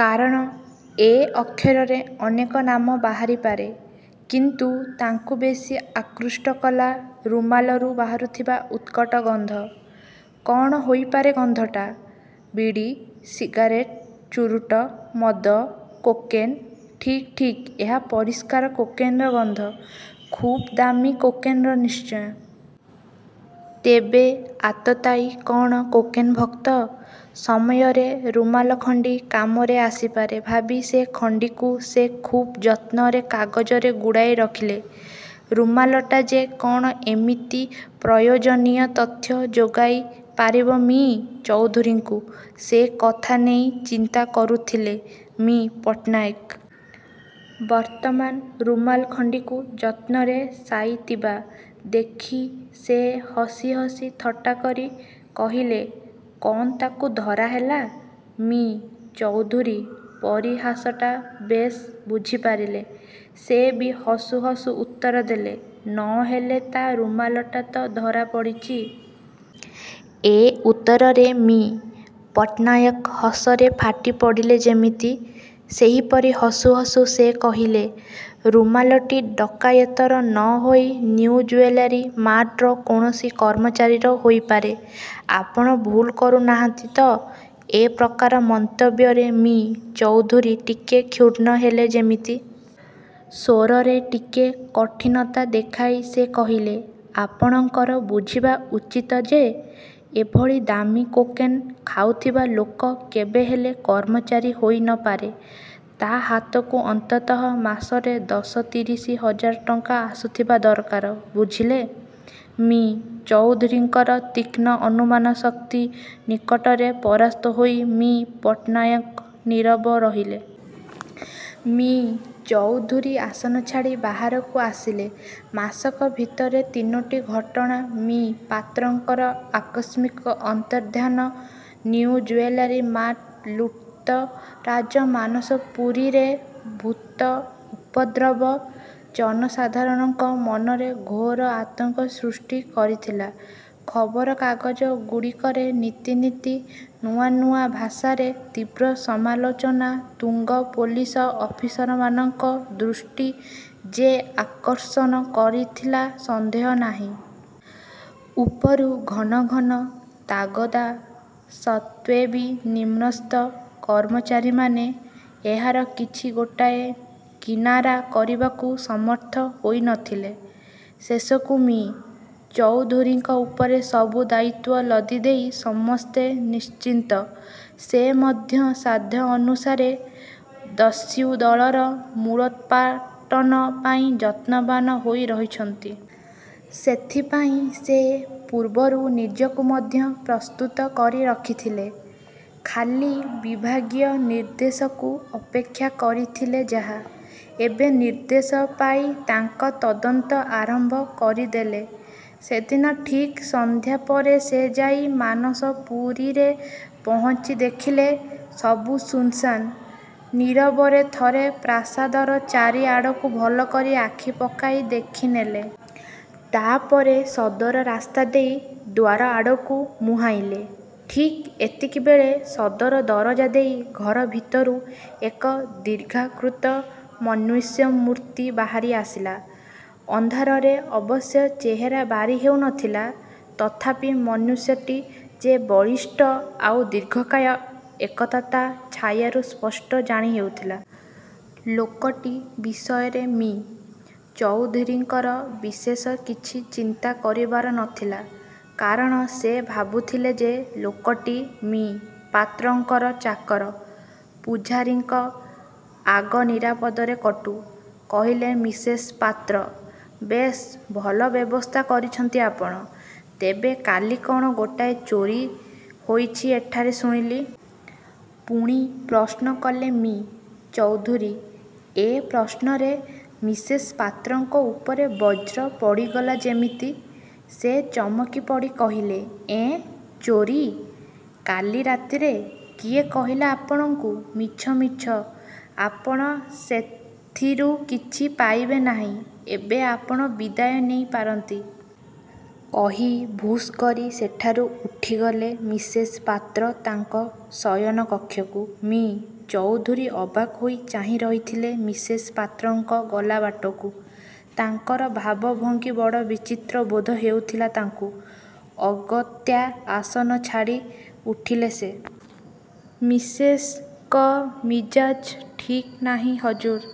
କାରଣ 'ଏ' ଅକ୍ଷରରେ ଅନେକ ନାମ ବାହାରି ପାରେ; କିନ୍ତୁ ତାଙ୍କୁ ବେଶୀ ଆକୃଷ୍ଟ କଲା ରୁମାଲରୁ ବାହାରୁଥିବା ଉତ୍କଟ ଗନ୍ଧ। କ'ଣ ହୋଇପାରେ ଗନ୍ଧଟା? ବିଡ଼ି, ସିଗାରେଟ୍, ଚୂରୁଟ, ମଦ, କୋକେନ୍ ଠିକ୍ ଠିକ୍ ଏହା ପରିଷ୍କାର କୋକେନର ଗନ୍ଧ। ଖୁବ୍ ଦାମୀ କୋକେନର ନିଶ୍ଚୟ-। ତେବେ ଆତତାୟୀ କ'ଣ କୋକେନ ଭକ୍ତ-? ସମୟରେ ରୁମାଲଖଣ୍ଡି କାମରେ ଆସିପାରେ ଭାବି ସେ ଖଣ୍ଡିକୁ ସେ ଖୁବ୍ ଯତ୍ନରେ କାଗଜରେ ଗୁଡ଼ାଇ ରଖିଲେ। ରୁମାଲଟା ଯେ କ'ଣ ଏମିତି ପ୍ରୟୋଜନୀୟ ତଥ୍ୟ ଯୋଗାଇ ପାରିବ ମି: ଚୌଧୁରୀଙ୍କୁ, ସେ କଥା ନେଇ ଚିନ୍ତା କରୁଥିଲେ ମି: ପଟ୍ଟନାୟକ। ବର୍ତ୍ତମାନ ରୁମାଲ ଖଣ୍ଡିକୁ ଯତ୍ନରେ ସାଇତିବା ଦେଖି ସେ ହସି ହସି ଥଟ୍ଟାକରି କହିଲେ, ''କଣ ତାକୁ ଧରା ହେଲା? '' ମି: ଚୌଧୁରୀ ପରିହାସଟା ବେଶ୍ ବୁଝିପାରିଲେ। ସେ ବି ହସୁ ହସୁ ଉତ୍ତର ଦେଲେ, ''ନ ହେଲେ ତା' ରୁମାଲଟା ତ ଧରା ପଡ଼ିଛି! '' ଏ ଉତ୍ତରରେ ମି: ପଟ୍ଟନାୟକ ହସରେ ଫାଟି ପଡ଼ିଲେ ଯେମିତି। ସେହିପରି ହସୁ ହସୁ ସେ କହିଲେ, ''ରୁମାଲଟି ଡକାୟତର ନ ହୋଇ ନିଉଜୁଏଲାରୀ ମାର୍ଟର କୌଣସି କର୍ମଚାରୀର ହୋଇପାରେ। ଆପଣ ଭୁଲ କରୁ ନାହାନ୍ତି ତ? '' ଏ ପ୍ରକାର ମନ୍ତବ୍ୟରେ ମି: ଚୌଧୁରୀ ଟିକିଏ କ୍ଷୁଣ୍ଣ ହେଲେ ଯେମିତି। ସ୍ୱରରେ ଟିକେ କଠିନତା ଦେଖାଇ ସେ କହିଲେ, ''ଆପଣଙ୍କର ବୁଝିବା ଉଚିତ ଯେ, ଏଭଳି ଦାମୀ କୋକେନ୍ ଖାଉଥିବା ଲୋକ କେବେ ହେଲେ କର୍ମଚାରୀ ହୋଇ ନ ପାରେ। ତା' ହାତକୁ ଅନ୍ତତଃ ମାସରେ ଦଶ ତିରିଶ ହଜାର ଟଙ୍କା ଆସୁଥିବା ଦରକାର, ବୁଝିଲେ? '' ମି: ଚୌଧୁରୀଙ୍କର ତୀକ୍ଷ୍ଣ ଅନୁମାନ ଶକ୍ତି ନିକଟରେ ପରାସ୍ତ ହୋଇ ମି: ପଟ୍ଟନାୟକ ନୀରବ ରହିଲେ। ମି: ଚୌଧୁରୀ ଆସନ ଛାଡ଼ି ବାହାରକୁ ଆସିଲେ। ମାସକ ଭିତରେ ତିନୋଟି ଘଟଣା-ମି: ପାତ୍ରଙ୍କର ଆକସ୍ମିକ ଅନ୍ତର୍ଦ୍ଧାନ, ନିଉ ଜୁଏଲାରୀ ମାର୍ଟ ଲୁଟ୍ତରାଜ, ମାନସପୁରୀରେ ଭୂତ ଉପଦ୍ରବ, ଜନ ସାଧାରଣଙ୍କ ମନରେ ଘୋର ଆତଙ୍କ ସୃଷ୍ଟି କରିଥିଲା। ଖବରକାଗଜ ଗୁଡ଼ିକରେ ନିତି ନିତି ନୂଆ ନୂଆ ଭାଷାରେ ତୀବ୍ର ସମାଲୋଚନା ତୁଙ୍ଗ ପୋଲିସ ଅଫିସରମାନଙ୍କ ଦୃଷ୍ଟି ଯେ ଆକର୍ଷଣ କରିଥିଲା, ସନ୍ଦେହ ନାହିଁ। ଉପରୁ ଘନ ଘନ ତାଗଦା ସତ୍ତ୍ୱେବି ନିମ୍ନସ୍ଥ କର୍ମଚାରୀମାନେ ଏହାର କିଛି ଗୋଟାଏ କିନାରା କରିବାକୁ ସମର୍ଥ ହୋଇ ନଥିଲେ। ଶେଷକୁ ମି: ଚୌଧୁରୀଙ୍କ ଉପରେ ସବୁ ଦାୟିତ୍ୱ ଲଦିଦେଇ ସମସ୍ତେ ନିଶ୍ଚିନ୍ତ। ସେ ମଧ୍ୟ ସାଧ୍ୟ ଅନୁସାରେ ଦସ୍ୟୁ ଦଳର ମୂଳୋତ୍ପାଟନ ପାଇଁ ଯତ୍ନବାନ୍ ହୋଇ ରହିଛନ୍ତି। ସେଥିପାଇଁ ସେ ପୂର୍ବରୁ ନିଜକୁ ମଧ୍ୟ ପ୍ରସ୍ତୁତ କରି ରଖିଥିଲେ; ଖାଲି ବିଭାଗୀୟ ନିର୍ଦ୍ଦେଶକୁ ଅପେକ୍ଷା କରିଥିଲେ ଯାହା। ଏବେ ନିର୍ଦ୍ଦେଶ ପାଇ ତାଙ୍କ ତଦନ୍ତ ଆରମ୍ଭ କରିଦେଲେ। ସେଦିନ ଠିକ୍ ସନ୍ଧ୍ୟା ପରେ ସେ ଯାଇ ମାନସପୁରୀରେ ପହଞ୍ଚି ଦେଖିଲେ-ସବୁ ଶୂନ୍ ଶାନ୍। ନୀରବରେ ଥରେ ପ୍ରାସାଦର ଚାରି ଆଡ଼କୁ ଭଲକରି ଆଖି ପକାଇ ଦେଖିନେଲେ। ତା'ପରେ ସଦର ରାସ୍ତା ଦେଇ ଦ୍ୱାର ଆଡ଼କୁ ମୁହାଁଇଲେ। ଠିକ୍ ଏତିକିବେଳେ ସଦର ଦରଜା ଦେଇ ଘର ଭିତରୁ ଏକ ଦୀର୍ଘାକୃତ ମନୁଷ୍ୟମୂର୍ତ୍ତି ବାହାରି ଆସିଲା। ଅନ୍ଧାରରେ ଅବଶ୍ୟ ଚେହେରା ବାରି ହେଉ ନଥିଲା। ତଥାପି ମନୁଷ୍ୟଟି ଯେ ବଳିଷ୍ଠ ଆଉ ଦୀର୍ଘକାୟ, ଏକଥା ତା'ଛାୟାରୁ ସ୍ପଷ୍ଟ ଜାଣି ହେଉଥିଲା। ଲୋକଟି ବିଷୟରେ ମି: ଚୌଧୁରୀଙ୍କର ବିଶେଷ କିଛି ଚିନ୍ତା କରିବାର ନଥିଲା; କାରଣ ସେ ଭାବୁଥିଲେ ଯେ ଲୋକଟି ମି: ପାତ୍ରଙ୍କର ଚାକର। ପୁଝାରୀଙ୍କ। ଆଗ ନିରାପଦରେ କଟୁ। '' କହିଲେ ମିସେସ୍ ପାତ୍ର। ''ବେଶ୍! ଭଲ ବ୍ୟବସ୍ଥା କରିଛନ୍ତି ଆପଣ। ତେବେ କାଲି କ'ଣ ଗୋଟାଏ ଚୋରୀ ହୋଇଛି ଏଠାରେ ଶୁଣିଲି। '' ପୁଣି ପ୍ରଶ୍ନ କଲେ ମି: ଚୌଧୁରୀ। ଏ ପ୍ରଶ୍ନରେ ମିସେସ୍ ପାତ୍ରଙ୍କ ଉପରେ ବଜ୍ର ପଡ଼ିଗଲା ଯେମିତି। ସେ ଚମକିପଡ଼ି କହିଲେ, ''ଏଁ, ଚୋରୀ! କାଲି ରାତିରେ? କିଏ କହିଲା ଆପଣଙ୍କୁ? ମିଛ, ମିଛ; ଆପଣ ସେଥିରୁ କିଛି ପାଇବେ ନାହିଁ। ଏବେ ଆପଣ ବିଦାୟ ନେଇ ପାରନ୍ତି। '' କହି ଭୁଷ୍ କରି ସେଠାରୁ ଉଠିଗଲେ ମିସେସ୍ ପାତ୍ର ତାଙ୍କ ଶୟନ କକ୍ଷକୁ। ମି: ଚୌଧୁରୀ ଅବାକ୍ ହୋଇ ଚାହିଁ ରହିଥିଲେ ମିସେସ୍ ପାତ୍ରଙ୍କ ଗଲା ବାଟକୁ। ତାଙ୍କର ଭାବ ଭଙ୍ଗି ବଡ଼ ବିଚିତ୍ର ବୋଧ ହେଉଥିଲା ତାଙ୍କୁ। ଅଗତ୍ୟା ଆସନ ଛାଡ଼ି ଉଠିଲେ ସେ। ''ମିସେସ୍ଙ୍କ ମିଜାଜ୍ ଠିକ୍ ନାହିଁ ହଜୁର୍!